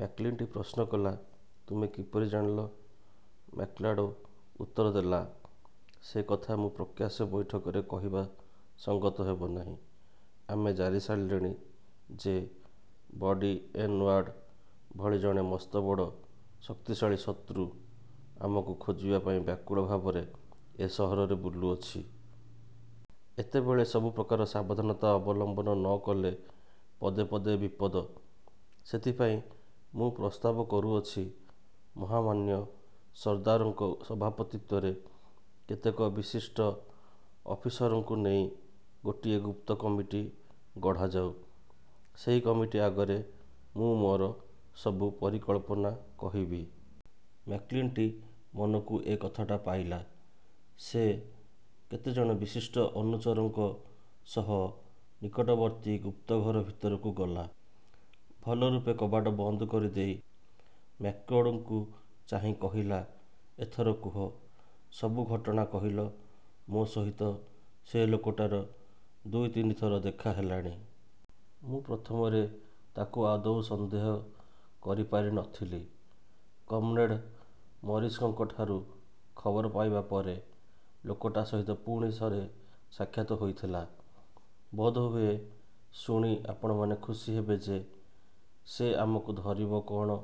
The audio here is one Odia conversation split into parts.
ମ୍ୟାକ୍ଜିଣ୍ଟି ପ୍ରଶ୍ନ କଲା, ତୁମେ କିପରି ଜାଣିଲ? ମ୍ୟାକ୍ମାର୍ଡ଼ୋ ଉତ୍ତର ଦେଲା, ସେ କଥା ମୁଁ ପ୍ରକାଶ୍ୟ ବୈଠକରେ କହିବା ସଙ୍ଗତ ହେବ ନାହିଁ। ଆମେ ଜାଣିସାରିଲେଣି ଯେ, ବର୍ଡ଼ି ଏନଓ୍ୟାର୍ଡ଼ ଭଳି ଜଣେ ମସ୍ତବଡ଼, ଶକ୍ତିଶାଳୀ ଶତ୍ରୁ ଆମକୁ ଖୋଜିବା ପାଇଁ ବ୍ୟାକୁଳ ଭାବରେ ଏ ସହରରେ ବୁଲୁଅଛି। ଏତେବେଳେ ସବୁ ପ୍ରକାର ସାବଧାନତା ଅବଲମ୍ବନ ନ କଲେ ପଦେ ପଦେ ବିପଦ। ସେଥିପାଇଁ ମୁଁ ପ୍ରସ୍ତାବ କରୁଅଛି, ମହାମାନ୍ୟ ସର୍ଦ୍ଦାରଙ୍କ ସଭାପତିତ୍ୱରେ କେତେକ ବିଶିଷ୍ଟ ଅଫିସରଙ୍କୁ ନେଇ ଗୋଟିଏ ଗୁପ୍ତ କମିଟି ଗଢ଼ାଯାଉ। ସେହି କମିଟି ଆଗରେ ମୁଁ ମୋର ସବୁ ପରିକଳ୍ପନା କହିବି। ମ୍ୟାକ୍ଜିଣ୍ଟି ମନକୁ ଏ କଥାଟା ପାଇଲା। ସେ କେତେ ଜଣ ବିଶିଷ୍ଟ ଅନୁଚରଙ୍କ ସହ ନିକଟବର୍ତ୍ତୀ ଗୁପ୍ତଘର ଭିତରକୁ ଗଲା। ଭଲରୂପେ କବାଟ ବନ୍ଦ କରିଦେଇ ମ୍ୟାକ୍ମାର୍ଡ଼ୋକୁ ଚାହିଁ କହିଲା, ଏଥର କୁହ, ସବୁ ଘଟଣା କହିଲ ମୋ ସହିତ ସେ ଲୋକଟାର ଦୁଇତିନି ଥର ଦେଖା ହେଲାଣି। ମୁଁ ପ୍ରଥମରେ ତାକୁ ଆଦୌ ସନ୍ଦେହ କରିପାରି ନ ଥିଲି। କମ୍ରେଡ଼ ମରିସଙ୍କଠାରୁ ଖବର ପାଇବା ପରେ ଲୋକଟା ସହିତ ପୁଣି ଥରେ ସାକ୍ଷାତ ହୋଇଥିଲା। ବୋଧହୁଏ ଶୁଣି ଆପଣମାନେ ଖୁସି ହେବେ ଯେ, ସେ ଆମକୁ ଧରିବ କଣ,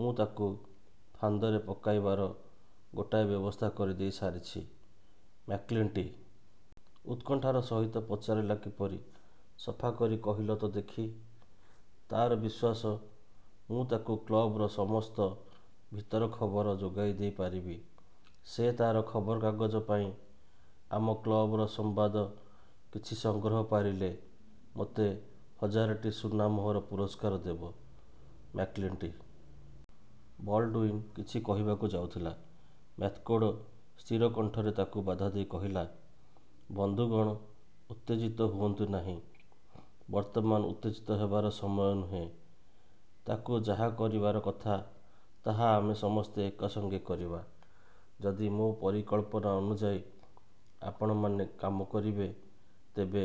ମୁଁ ତାକୁ ଫାନ୍ଦରେ ପକାଇବାର ଗୋଟାଏ ବ୍ୟବସ୍ଥା କରିଦେଇ ସାରିଛି। ମ୍ୟାକ୍ଜିଣ୍ଟି ଉତ୍କଣ୍ଠାର ସହିତ ପଚାରିଲା କିପରି? ସଫା କରି କହିଲ ତ ଦେଖି। ତାର ବିଶ୍ୱାସ, ମୁଁ ତାକୁ କ୍ଳବର ସମସ୍ତ ଭିତର ଖବର ଯୋଗାଇଦେଇପାରିବି। ସେ ତାର ଖବରକାଗଜ ପାଇଁ ଆମ କ୍ଳବର ସମ୍ବାଦ କିଛି ସଂଗ୍ରହ କରିପାରିଲେ ମୋତେ ହଜାରେଟି ସୁନା ମୋହର ପୁରସ୍କାର ଦେବ। ମ୍ୟାକ୍ଜିଣ୍ଟି ବଲ୍ଡ଼ୁଇନ କିଛି କହିବାକୁ ଯାଉଥିଲା, ମ୍ୟାକ୍ମାର୍ଡ଼ୋ ସ୍ଥିର କଣ୍ଠରେ ତାକୁ ବାଧା ଦେଇ କହିଲା, ବନ୍ଧୁଗଣ, ଉତ୍ତେଜିତ ହୁଅନ୍ତୁ ନାହିଁ। ବର୍ତ୍ତମାନ ଉତ୍ତେଜିତ ହେବାର ସମୟ ନୁହେଁ। ତାକୁ ଯାହା କରିବାର କଥା, ତାହା ଆମେ ସମସ୍ତେ ଏକସଙ୍ଗେ କରିବା। ଯଦି ମୋ ପରିକଳ୍ପନା ଅନୁଯାୟୀ ଆପଣମାନେ କାମ କରିବେ, ତେବେ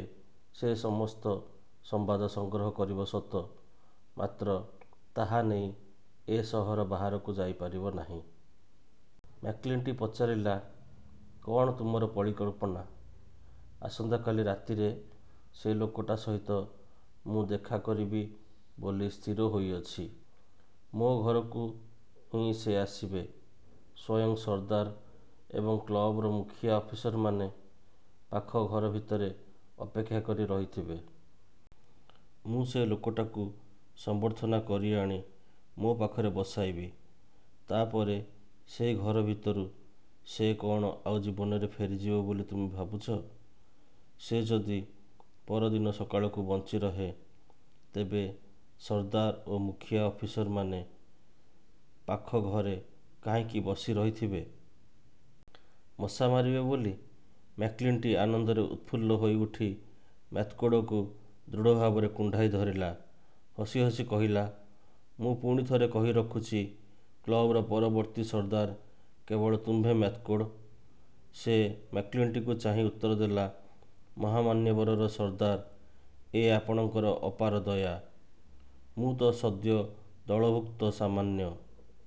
ସେ ସମସ୍ତ ସମ୍ବାଦ ସଂଗ୍ରହ କରିବ ସତ; ମାତ୍ର ତାହା ନେଇ ଏ ସହର ବାହାରକୁ ଯାଇପାରିବ ନାହିଁ। ମ୍ୟାକ୍ଜିଣ୍ଟି ପଚାରିଲା, କଣ ତୁମର ପରିକଳ୍ପନା? ଆସନ୍ତା କାଲି ରାତିରେ ସେ ଲୋକଟା ସହିତ ମୁଁ ଦେଖା କରିବି ବୋଲି ସ୍ଥିର ହୋଇଅଛି। ମୋ ଘରକୁ ହିଁ ସେ ଆସିବେ। ସ୍ୱୟଂ ସର୍ଦ୍ଦାର ଏବଂ କ୍ଳବର ମୁଖିଆ ଅଫିସରମାନେ ପାଖ ଘର ଭିତରେ ଅପେକ୍ଷା କରି ରହିଥିବେ। ମୁଁ ସେ ଲୋକଟାକୁ ସମ୍ବର୍ଦ୍ଧନା କରି ଆଣି ମୋ ପାଖରେ ବସାଇବି। ତା ପରେ ସେହି ଘର ଭିତରୁ ସେ କଣ ଆଉ ଜୀବନରେ ଫେରିଯିବ ବୋଲି ତୁମେ ଭାବୁଛ? ସେ ଯଦି ପର ଦିନ ସକାଳକୁ ବଞ୍ଚିରହେ, ତେବେ ସର୍ଦ୍ଦାର ଓ ମୁଖିଆ ଅଫିସରମାନେ ପାଖ ଘରେ କାହିଁକି ବସି ରହିଥିବେ? ମଶା ମାରିବେ ବୋଲି? ମ୍ୟାକ୍ଜିଣ୍ଟି ଆନନ୍ଦରେ ଉତ୍ଫୁଲ୍ଲ ହୋଇଉଠି ମ୍ୟାକ୍ମାର୍ଡ଼ୋକୁ ଦୃଢ଼ଭାବରେ କୁଣ୍ଢାଇ ଧରିଲା। ହସିହସି କହିଲା, ମୁଁ ପୁଣି ଥରେ କହି ରଖୁଛି, କ୍ଳବର ପରବର୍ତ୍ତୀ ସର୍ଦ୍ଦାର କେବଳ ତୁମେ ମ୍ୟାକ୍ମାର୍ଡ଼ୋ। ସେ ମ୍ୟାକ୍ଜିଣ୍ଟିକୁ ଚାହିଁ ଉତ୍ତର ଦେଲା, ମହାମାନ୍ୟବର ସର୍ଦ୍ଦାର, ଏ ଆପଣଙ୍କର ଅପାର ଦୟା। ମୁଁ ତ ସଦ୍ୟ ଦଳଭୁକ୍ତ ସାମାନ୍ୟ..